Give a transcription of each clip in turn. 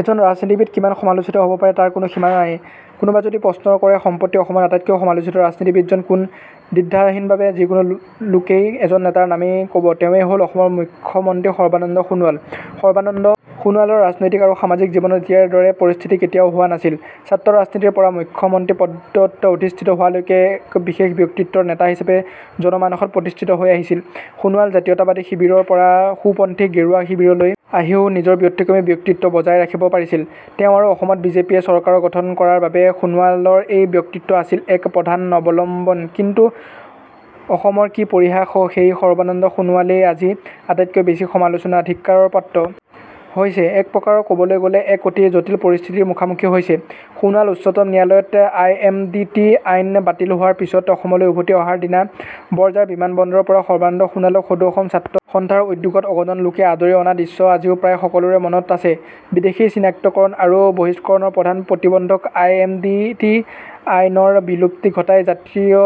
এজন ৰাজনীতিবিদ কিমান সমালোচিত হব পাৰে তাৰ কোনো সীমা নাইকোনোবাই যদি প্ৰশ্ন কৰে সম্প্ৰতি অসমত আটাইতকৈ সমালোচিত ৰাজনীতিবিদজন কোন দ্বিধাহীনভাৱে যিকোনো লোকেই এজন নেতাৰ নামেই কবতেৱেঁই হল অসমৰ মুখ্য মন্ত্ৰী সৰ্বানন্দ সোণোৱাল সৰ্বানন্দ সোণোৱালৰ ৰাজনৈতিক আৰু সামাজিক জীৱনত এতিয়াৰ দৰে পৰিস্থিতি কেতিয়াও হোৱা নাছিলছাত্ৰ ৰাজনীতিৰ পৰা মুখ্য মন্ত্ৰী পদত অধিষ্ঠিত হোৱালৈকে এক বিশেষ ব্যক্তিত্বৰ নেতা হিচাপে জনমানসত প্ৰতিষ্ঠিত হৈ আহিছিল সোণোৱালজাতীয়তাবাদী শিবিৰৰ পৰা সোঁপন্থী গেৰুৱা শিবিৰলৈ আহিও নিজৰ ব্যতিক্ৰমী ব্যক্তিত্ব বজাই ৰাখিব পাৰিছিল তেওঁআৰু অসমত বিজেপিয়ে চৰকাৰ গঠন কৰাৰ বাবে সোণোৱালৰ এই ব্যক্তিত্ব আছিল এক প্ৰধান অৱলম্বনকিন্তু সময়ৰ কি পৰিহাস সেই সৰ্বানন্দ সোণোৱালেই আজি আটাইতকৈ বেছি সমালোচনা ধিক্কাৰৰ পাত্ৰ হৈছেএক প্ৰকাৰ কবলৈ গলে এক অতি জটিল পৰিস্থিতিৰ মুখামুখি হৈছে সোণোৱালউচ্চতম ন্যায়ালয়ত আই এম ডি টি আইন বাতিল হোৱাৰ পিছত অসমলৈ উভতি অহাৰ দিনা বৰঝাৰ বিমান বন্দৰৰ পৰা সৰ্বানন্দ সোণোৱালক সদৌ অসম ছাত্ৰ সন্থাৰ উদ্যোগত অগণন লোকে আদৰি অনা দৃশ্য আজিও প্ৰায় সকলোৰে মনত আছেবিদেশী চিনাক্তকৰণ আৰু বহিষ্কৰণৰ প্ৰধান প্ৰতিবন্ধক আই এম ডি টি আইনৰ বিলুপ্তি ঘটাই জাতীয়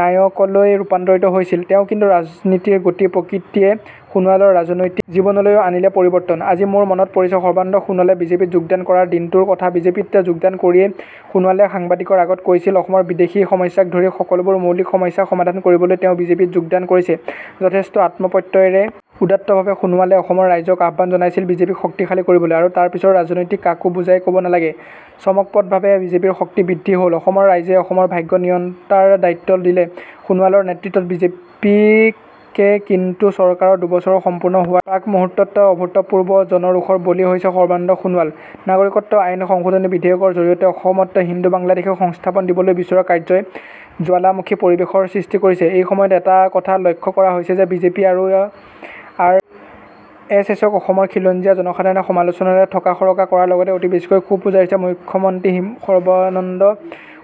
নায়কলৈ ৰূপান্তৰিত হৈছিল তেওঁকিন্তু ৰাজনীতিৰ গতিপ্ৰকৃতিয়ে সোণোৱালৰ ৰাজনৈতিক জীৱনলৈও আনিলে পৰিৱৰ্তনআজি মোৰ মনত পৰিছে সৰ্বানন্দ সোণোৱালে বিজেপিত যোগদান কৰাৰ দিনটোৰ কথাবিজেপিত যোগদান কৰিয়েই সোণোৱালে সাংবাদিকৰ আগত কৈছিল অসমৰ বিদেশী সমস্যাকে ধৰি সকলোবোৰ মৌলিক সমস্যা সমাধান কৰিবলৈ তেওঁ বিজেপিত যোগদান কৰিছেযথেষ্ট আত্মপ্ৰত্যয়ৰে উদাত্তভাৱে সোণোৱালে অসমৰ ৰাইজক আহ্বান জনাইছিল বিজেপিক শক্তিশালী কৰিবলৈআৰু তাৰ পিছৰ ৰাজনীতি কাকো বুজাই কব নালাগেচমকপ্ৰদভাৱে বিজেপিৰ শক্তি বৃদ্ধি হলঅসমৰ ৰাইজে অসমৰ ভাগ্য নিয়ন্তাৰ দায়িত্ব দিলে সোণোৱালৰ নেতৃত্বত বিজেপিকেকিন্তু চৰকাৰৰ দুবছৰ সম্পূৰ্ণ হোৱাৰ প্ৰাক মুহূৰ্তত অভূতপূৰ্ব জনৰোষৰ বলি হৈছে সৰ্বানন্দ সোণোৱালনাগৰিকত্ব আইন সংশোধনী বিধেয়কৰ জৰিয়তে অসমত হিন্দু বাংলাদেশীক সংস্থাপন দিবলৈ বিচৰা কাৰ্যই জ্বালামুখী পৰিৱেশৰ সৃষ্টি কৰিছেএই সময়ত এটা কথা লক্ষ্য কৰা হৈছে যে বিজেপি আৰু আৰ এছ এছক অসমৰ খিলঞ্জীয়া জনসাধাৰণে সমালোচনাৰে থকাসৰকা কৰাৰ লগতে অতি বেছিকৈ ক্ষোভ উজাৰিছে মুখ্য মন্ত্ৰী সৰ্বানন্দ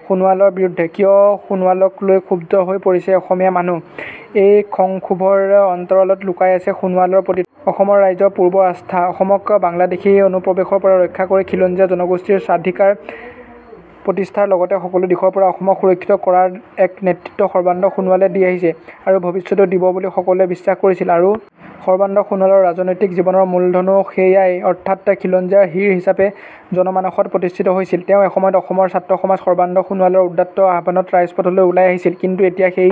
সোণোৱালৰ বিৰুদ্ধেকিয় সোণোৱালক লৈ ক্ষুব্ধ হৈ পৰিছে অসমীয়া মানুহ এই খংক্ষোভৰ অন্তৰালত লুকাই আছে সোণোৱালৰ প্ৰতি অসমৰ ৰাইজৰ পূৰ্বৰ আস্থাঅসমক বাংলাদেশী অনুপ্ৰৱেশৰ পৰা ৰক্ষা কৰি খিলঞ্জীয়া জনগোষ্ঠীৰ স্বাধিকাৰ প্ৰতিষ্ঠাৰ লগতে সকলো দিশৰ পৰা অসমক সুৰক্ষিত কৰাৰ এক নেতৃত্ব সৰ্বানন্দ সোণোৱালে দি আহিছে আৰু ভৱিষ্যতেও দিব বুলি সকলোৱে বিশ্বাস কৰিছিলআৰু সৰ্বানন্দ সোণোৱালৰ ৰাজনৈতিক জীৱনৰ মূলধনো সেয়াইঅৰ্থাৎ খিলঞ্জীয়াৰ হিৰ হিচাপে জনমানসত প্ৰতিষ্ঠিত হৈছিল তেওঁএসময়ত অসমৰ ছাত্ৰ সমাজ সৰ্বানন্দ সোণোৱালৰ উদাত্ত আহ্বানত ৰাজপথলৈ ওলাই আহিছিলকিন্তু এতিয়া সেই